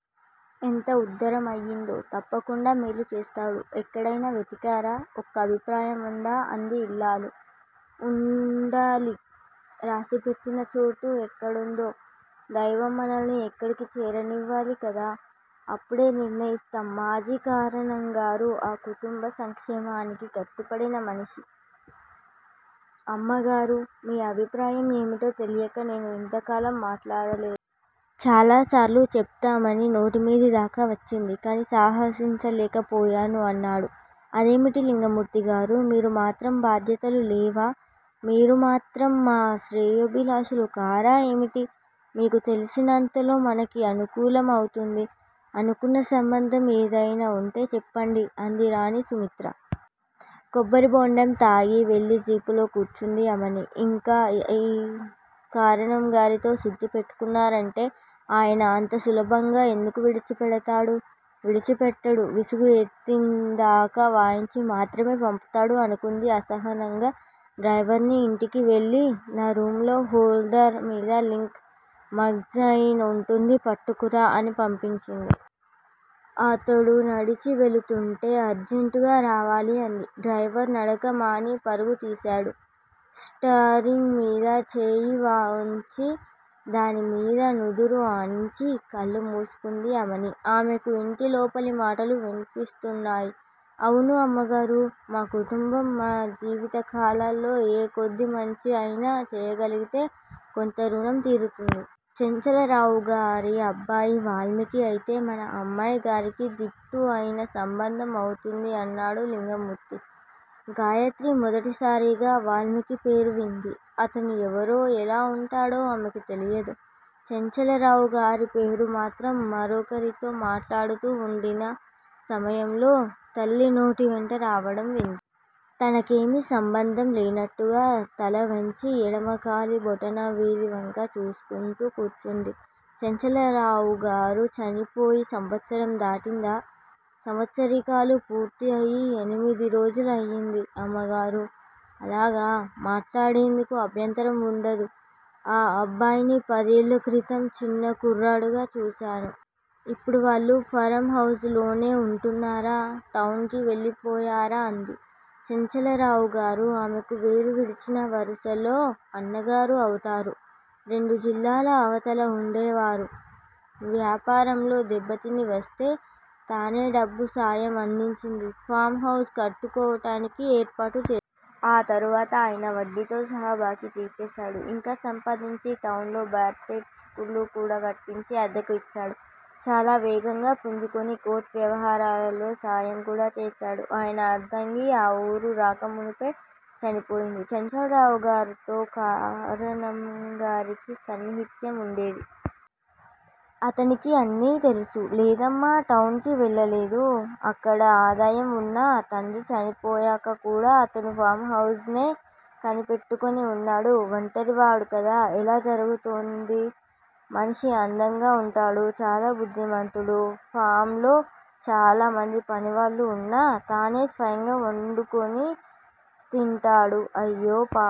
ఎంత వుదారమయిందో! తప్పకుండా మేలు చేస్తాడు! ఎక్కడయినా వెతికారా? ఒక అభిప్రాయం వుందా? అంది యిల్లాలు. చూడాలి! రాసిపెట్టివున్న చోటు ఎక్కడుందో! దైవం మనల్ని అక్కడికి చేరనివ్వాలి కదా! అప్పుడు నిర్ణయిస్తాం! మాజీ కరణంగారు ఆ కుటుంబ సంక్షేమానికి కట్టుపడిన మనిషి. అమ్మగారూ! మీ అభిప్రాయం ఏమిటో తెలియక నేను ఇంతకాలం మాటాడలేదు. చాలాసార్లు చెప్తామని నోటిమీద దాకా వచ్చింది. కాని సాహసించలేకపోయాను అన్నాడు. అదేమిటి లింగమూర్తిగారూ! మీకు మాత్రం బాధ్యతలు లేవా? మీరు మాత్రం మా శ్రేయోభిలాషులు కారా ఏమిటి? మీకు తెలిసినంతలో మనకి అనుకూలం అవుతుంది. అనుకున్న సంబంధం ఏదయినా వుంటే చెప్పండి! అంది రాణి సుమిత్ర. కొబ్బరిబొండం త్రాగి వెళ్ళి జీపులో కూర్చుంది ఆమని! ఇంక ఈ కరణం గారితో సుత్తి పెట్టుకున్నారంటే ఆయన అంత సులభంగా ఎందుకు విడిచిపెడతాడు? విడిచిపెట్టడు! విసుగు ఎత్తిందాకా వాయించి మాత్రమే పంపుతాడు అనుకుంది అసహనంగా. డ్రైవర్ని ఇంటికి వెళ్ళి నా రూంలో హోలాల్ద్ మీద లింక్ మాగ్జయిన్ వుంటుంది పట్టుకురా అని పంపించింది. అతడు నడచి వెడుతుంటే అర్జంటుగా రావాలి అంది. డ్రైవర్ నడక మాని పరుగుతీశాడు. స్టీరింగ్ మీద మోచేయి వుంచి దానిమీద నుదురు ఆనించి కళ్ళు మూసుకుంది ఆమని! ఆమెకు ఇంటి లోపలి మాటలు విన్పిస్తున్నాయి. అవును అమ్మగారూ! మా కుటుంబం మా జీవితకాలాల్లో ఏ కొద్ది మంచి అయినా చేయగలిగితే కొంత రుణం తీరుతుంది. చంచలరావుగారి అబ్బాయి వాల్మీకి అయితే మన అమ్మాయిగారికి దీటు అయిన సంబంధం అవుతుంది అన్నాడు లింగమూర్తి. గాయత్రి మొదటిసారిగా వాల్మీకి పేరు వింది. అతను ఎవరో ఎలా వుంటాడో ఆమెకు తెలియదు. చంచలరావుగారి పేరు మాత్రం మరొకరితో మాటాడుతూ వుండిన సమయంలో తల్లి నోటివెంట రావటం వింది. తనకేమీ సంబంధం లేనట్టుగా తల వంచి ఎడమ కాలి బొటన వ్రేలివంక చూచుకుంటూ కూర్చుంది. చంచలరావుగారు చనిపోయి సంవత్సరం దాటిందా? సంవత్సరీకాలు పూర్తి అయి ఎనిమిది రోజులు అయింది అమ్మగారూ! అలాగా! మాటాడేందుకు అభ్యంతరం వుండదు. ఆ అబ్బాయిని పదేళ్ళ క్రితం చిన్న కుర్రాడుగా చూచాను. ఇప్పుడు వాళ్ళు ఫారం హౌస్ లోనే వుంటున్నారా? టౌన్ కి వెళ్ళిపోయారా? అంది. చంచలరావుగారు ఆమెకు వేలు విడిచిన వరుసలో అన్నగారు అవుతారు. రెండు జిల్లాల అవతల వుండేవారు. వ్యాపారంలో దెబ్బతిని వస్తే తానే డబ్బు సాయం అందించి ఫాం హౌస్ కట్టుకోవటానికి ఏర్పాటు చేసింది. ఆ తరువాత ఆయన వడ్డీతో సహా బాకీ తీర్చేశాడు. ఇంకా సంపాదించి టౌన్ లో బారెక్స్ లు కట్టించి అద్దెకు ఇచ్చాడు. చాలా వేగంగా పుంజుకుని కోర్టు వ్యవహారాలలో సాయం కూడా చేశాడు! ఆయన అర్ధాంగి ఆ ఊరు రాకమునుపే చనిపోయింది. చంచలరావుతో కరణంగారికి సాన్నిహిత్యం వుండేది. అతనికి అన్నీ తెలుసు. లేదమ్మా! టౌన్ కి వెళ్ళలేదు. అక్కడ ఆదాయం వున్నా తండ్రి చనిపోయాక కూడ అతడు ఫాం హౌస్ నే కనిపెట్టుకుని వున్నాడు ఒంటరివాడు కదా! ఎలా జరుగుతోంది? మనిషి అందంగా వుంటాడు. చాలా బుద్ధిమంతుడు! ఫాంలో చాలామంది పనివాళ్ళు వున్నా తనే స్వయంగా వండుకు తింటాడు అయ్యో పాపం!